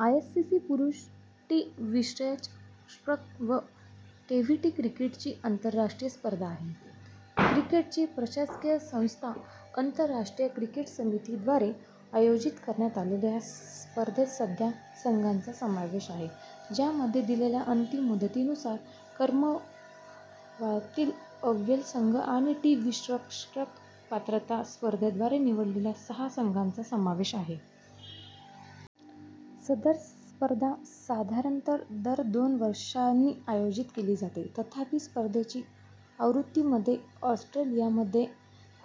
ICC पुरुष T विश्वचषक ही ट्वेंटी क्रिकेटची आंतरराष्ट्रीय स्पर्धा आहे. क्रिकेटची प्रशासकीय संस्था, आंतरराष्ट्रीय क्रिकेट समिती द्वारे आयोजित करण्यात आलेल्या या स्पर्धेत सध्या संघांचा समावेश आहे, ज्यामध्ये दिलेल्या अंतिम मुदतीनुसार क्रमवारीतील अव्वल संघ आणि टी विश्वचषक पात्रता स्पर्धेद्वारे निवडलेल्या सहा संघांचा समावेश आहे. सदर स्पर्धा साधारणतः दर दोन वर्षांनी आयोजित केली जाते. तथापि, स्पर्धेची आवृत्ती मध्ये ऑस्ट्रेलियामध्ये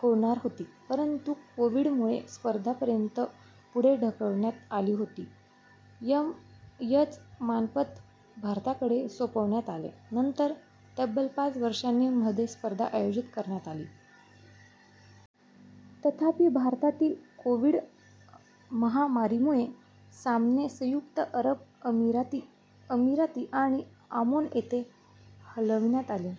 होणार होती, परंतु कोविड- मुळे, स्पर्धा पर्यंत पुढे ढकलण्यात आली आणि यजमानपद भारताकडे सोपविण्यात आले. नंतर तब्बल पाच वर्षांनी मध्ये स्पर्धा आयोजित करण्यात आली. तथापि, भारतातील कोविड- महामारीमुळे, सामने संयुक्त अरब अमिराती आणि ओमान येथे हलविण्यात आले.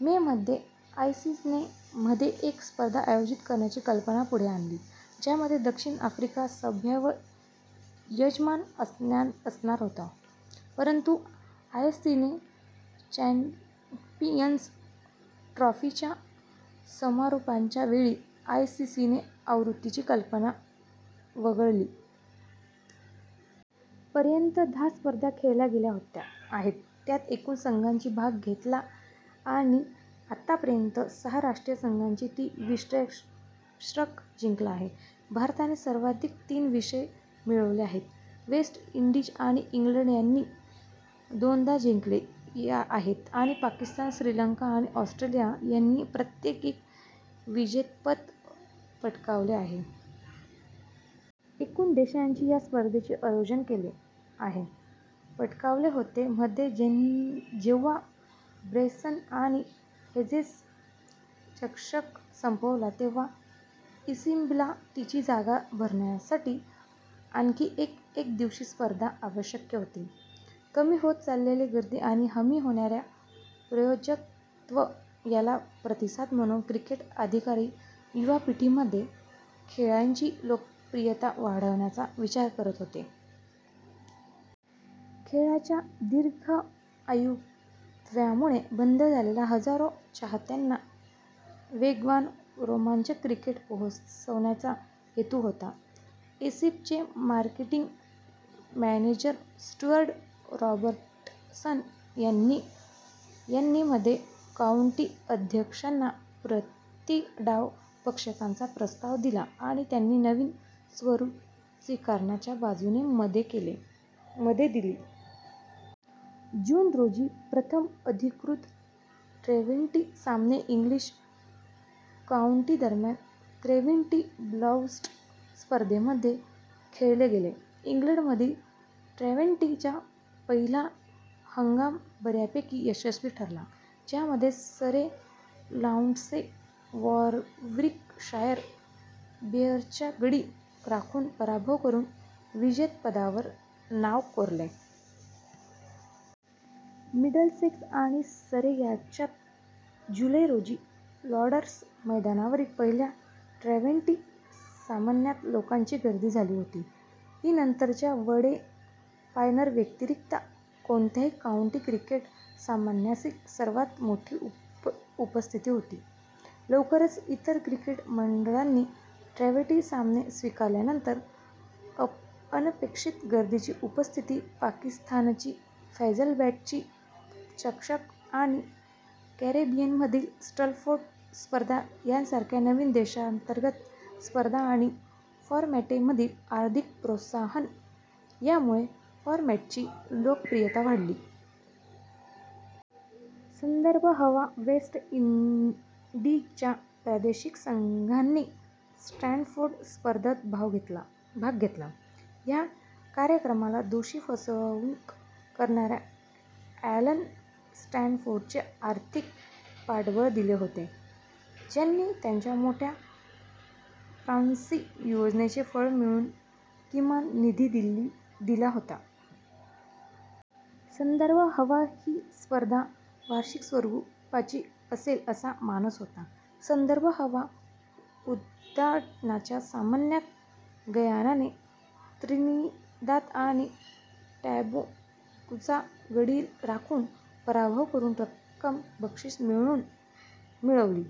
मे मध्ये, आयसीसीने मध्ये एक स्पर्धा आयोजित करण्याची कल्पना पुढे आणली, ज्यामध्ये दक्षिण आफ्रिका संभाव्य यजमान असणार होता. परंतु आयसीसी चॅम्पियन्स ट्रॉफीच्या समारोपाच्या वेळी, आयसीसीने आवृत्तीची कल्पना वगळली. पर्यंत, दहा स्पर्धा खेळल्या गेल्या आहेत, त्यात एकूण संघांनी भाग घेतला आहे आणि आतापर्यंत सहा राष्ट्रीय संघांनी टी विश्वचषक जिंकला आहे. भारताने सर्वाधिक तीन विजय मिळवले आहेत. वेस्ट इंडिज आणि इंग्लंड यांनी दोनदा जिंकले आहेत आणि पाकिस्तान, श्रीलंका आणि ऑस्ट्रेलिया यांनी प्रत्येकी एक विजेतेपद पटकावले आहे. एकूण देशांनी या स्पर्धेचे आयोजन केले आहे. पटकावले होते. मध्ये जेव्हा बेन्सन आणि हेजेस चषक संपला तेव्हा ईसीबीला तिची जागा भरण्यासाठी आणखी एक एकदिवसीय स्पर्धा आवश्यक होती. कमी होत चाललेली गर्दी आणि कमी होणारे प्रायोजकत्व याला प्रतिसाद म्हणून क्रिकेट अधिकारी युवा पिढीमध्ये खेळाची लोकप्रियता वाढवण्याचा विचार करत होते. खेळाच्या दीर्घ आवृत्त्यांमुळे बंद झालेल्या हजारो चाहत्यांना वेगवान, रोमांचक क्रिकेट पोहोचवण्याचा हेतू होता. ईसीबीचे मार्केटिंग मॅनेजर स्टुअर्ट रॉबर्टसन यांनी मध्ये काउंटी अध्यक्षांना प्रति डाव षटकांचा प्रस्ताव दिला आणि त्यांनी नवीन स्वरूप स्वीकारण्याच्या बाजूने - मते दिली. जून रोजी प्रथम अधिकृत ट्वेंटी सामने इंग्लिश काउंटींदरम्यान ट्वेंटी ब्लास्ट स्पर्धेमध्ये खेळले गेले. इंग्लंडमधील ट्वेंटी- चा पहिला हंगाम बऱ्यापैकी यशस्वी ठरला, ज्यामध्ये सरे लायन्सने वॉर्विकशायर बेअर्सचा गडी राखून पराभव करून विजेतेपदावर नाव कोरले. मिडलसेक्स आणि सरे यांच्यात जुलै रोजी लॉर्ड्स मैदानावरील पहिल्या ट्वेंटी सामन्यात लोकांची गर्दी झाली होती, ही नंतरच्या वन-डे फायनल व्यतिरिक्त कोणत्याही काऊंटी क्रिकेट सामन्यासाठी सर्वात मोठी उपस्थिती होती. लवकरच इतर क्रिकेट मंडळांनी ट्वेंटी सामने स्वीकारल्यानंतर, अनपेक्षित गर्दीची उपस्थिती, पाकिस्तानची फैसल बँक टी चषक आणि कॅरेबियनमधील स्टॅनफोर्ड / स्पर्धा यांसारख्या नवीन देशांतर्गत स्पर्धा आणि फॉरमॅटमधील आर्थिक प्रोत्साहन यामुळे फॉरमॅटची लोकप्रियता वाढली. संदर्भ हवा वेस्ट इंडीजच्या प्रादेशिक संघांनी स्टॅनफोर्ड / स्पर्धेत भाग घेतला. या कार्यक्रमाला दोषी फसवणूक करणारा ॲलन स्टॅनफोर्डने आर्थिक पाठबळ दिले होते, ज्याने त्याच्या मोठ्या पॉन्झी योजनेचे फळ म्हणून किमान निधी दिला होता. संदर्भ हवा ही स्पर्धा वार्षिक स्वरूपाची असेल असा मानस होता. संदर्भ हवा उद्घाटनाच्या सामन्यात गयानाने त्रिनिदाद आणि टोबॅगोचा गडी राखून पराभव करून रक्कम बक्षीस म्हणून मिळविली.